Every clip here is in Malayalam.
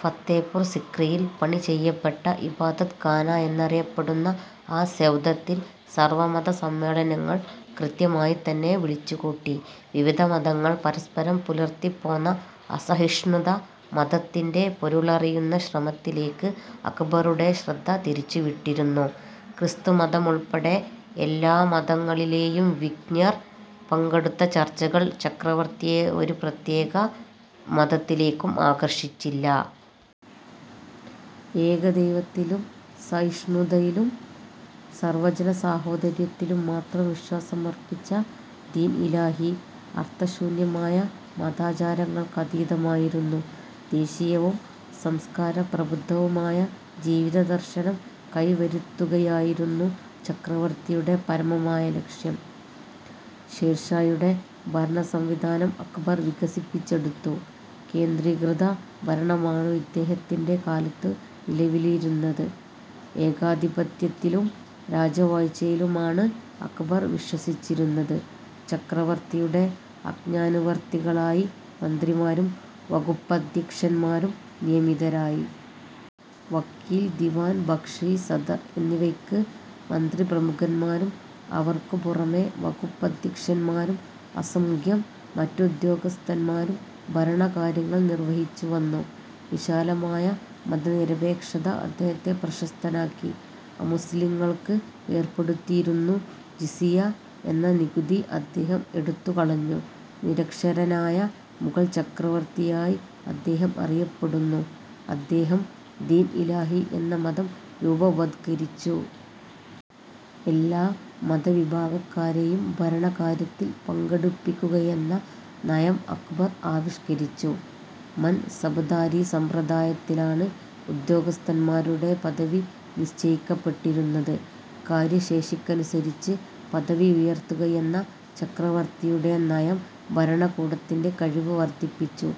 ഫത്തേപ്പൂർ സിക്രിയിൽ പണി ചെയ്യപ്പെട്ട 'ഇബാദത്ത് ഖാന' എന്നറിയപ്പെടുന്ന ആ സൌധത്തിൽ സർവമത സമ്മേളനങ്ങൾ കൃത്യമായിത്തന്നെ വിളിച്ചുകൂട്ടി. വിവിധ മതങ്ങൾ പരസ്പരം പുലർത്തിപ്പോന്ന അസഹിഷ്ണുത 'മത'ത്തിന്റെ പൊരുളറിയുന്ന ശ്രമത്തിലേക്ക് അക്ബറുടെ ശ്രദ്ധ തിരിച്ചുവിട്ടിരുന്നു. ക്രിസ്തുമതമുൾപ്പെടെ എല്ലാ മതങ്ങളിലെയും വിജ്ഞർ പങ്കെടുത്ത ചർച്ചകൾ ചക്രവർത്തിയെ ഒരു പ്രത്യേക മതത്തിലേക്കും ആകർഷിച്ചില്ല. ഏകദൈവത്തിലും സഹിഷ്ണുതയിലും സർവജനസാഹോദര്യത്തിലും മാത്രം വിശ്വാസമർപ്പിച്ച 'ദീൻ ഇലാഹി' അർത്ഥശൂന്യമായ മതാചാരങ്ങൾക്കതീതമായിരുന്നു. ദേശീയവും സംസ്കാര പ്രബുദ്ധവുമായ ജീവിതദർശനം കൈവരുത്തുകയായിരുന്നു ചക്രവർത്തിയുടെ പരമമായ ലക്ഷ്യം. ഷേർഷായുടെ ഭരണസംവിധാനം അക്ബർ വികസിപ്പിച്ചെടുത്തു. കേന്ദ്രീകൃത ഭരണമാണു ഇദ്ദേഹത്തിന്റെ കാലത്തു നിലവിലിരുന്നത്. ഏകാധിപത്യത്തിലും രാജവാഴ്ചയിലുമാണ് അക്ബർ വിശ്വസിച്ചിരുന്നത്. ചക്രവർത്തിയുടെ ആജ്ഞാനുവർത്തികളായി മന്ത്രിമാരും വകുപ്പധ്യക്ഷന്മാരും നിയമിതരായി. 'വക്കീൽ', 'ദിവാൻ', 'ബക്ഷി', 'സദർ' എന്നിവയ്ക്കു മന്ത്രിപ്രമുഖന്മാരും അവർക്കു പുറമേ വകുപ്പധ്യക്ഷന്മാരും അസംഖ്യം മറ്റുദ്യോഗസ്ഥന്മാരും ഭരണകാര്യങ്ങൾ നിർവഹിച്ചുവന്നു. വിശാലമായ മതനിരപേക്ഷത അദ്ദേഹത്തെ പ്രശസ്തനാക്കി. അമുസ്ലിംകൾക്ക് ഏർപ്പെടുത്തിയിരുന്നു ജിസിയ എന്ന നികുതി അദ്ദേഹം എടുത്തുകളഞ്ഞു. നിരക്ഷരനായ മുഗൾ ചക്രവർത്തിയായി അദ്ദേഹം അറിയപ്പെടുന്നു. അദ്ദേഹം ദീൻ ഇലാഹി എന്ന മതം രൂപവത്കരിച്ചു. എല്ലാ മതവിഭാഗക്കാരെയും ഭരണകാര്യത്തിൽ പങ്കെടുപ്പിക്കുകയെന്ന നയം അക്ബർ ആവിഷ്കരിച്ചു. 'മൻസബ്ദാരി' സമ്പ്രദായത്തിലാണ് ഉദ്യോഗസ്ഥന്മാരുടെ പദവി നിശ്ചയിക്കപ്പെട്ടിരുന്നത്. കാര്യശേഷിക്കനുസരിച്ച് പദവി ഉയർത്തുകയെന്ന ചക്രവർത്തിയുടെ നയം ഭരണകൂടത്തിന്റെ കഴിവ് വർദ്ധിപ്പിച്ചു.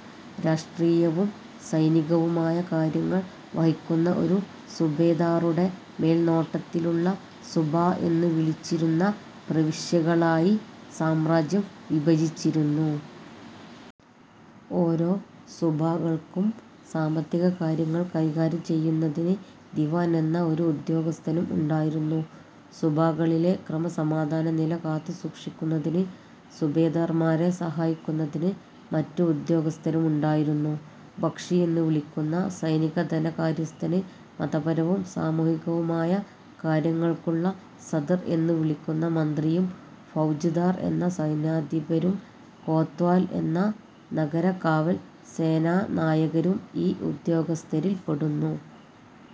രാഷ്ട്രീയവും സൈനികവുമായ കാര്യങ്ങൾ വഹിക്കുന്ന ഒരു സുബേദാറുടെ മേൽനോട്ടത്തിലുള്ള സുബാ എന്നു വിളിച്ചിരുന്ന പ്രവിശ്യകളായി സാമ്രാജ്യം വിഭജിച്ചിരുന്നു. ഓരോ സുബാകൾക്കും സാമ്പത്തികകാര്യങ്ങൾ കൈകാര്യം ചെയ്യുന്നതിന് ദിവാൻ എന്ന ഒരു ഉദ്യോഗസ്ഥനും ഉണ്ടായിരുന്നു. സുബാകളിലെ ക്രമസമാധാന നില കാത്തു സൂക്ഷിക്കുന്നതിന് സുബേദാർമാരെ സഹായിക്കുന്നതിന് മറ്റു ഉദ്യോഗസ്ഥരുമുണ്ടായിരുന്നു. ബക്ഷി എന്നു വിളിക്കുന്ന സൈനിക ധനകാര്യസ്ഥന് മതപരവും സാമൂഹികവുമായ കാര്യങ്ങൾക്കുള്ള സദ്ർ എന്നു വിളിക്കുന്ന മന്ത്രിയും ഫൗജ്ദാർ എന്ന സൈന്യാധിപരും കോത്വാൽ എന്ന നഗര കാവൽസേനാനായകരും ഈ ഉദ്യോഗസ്ഥരിൽ പെടുന്നു.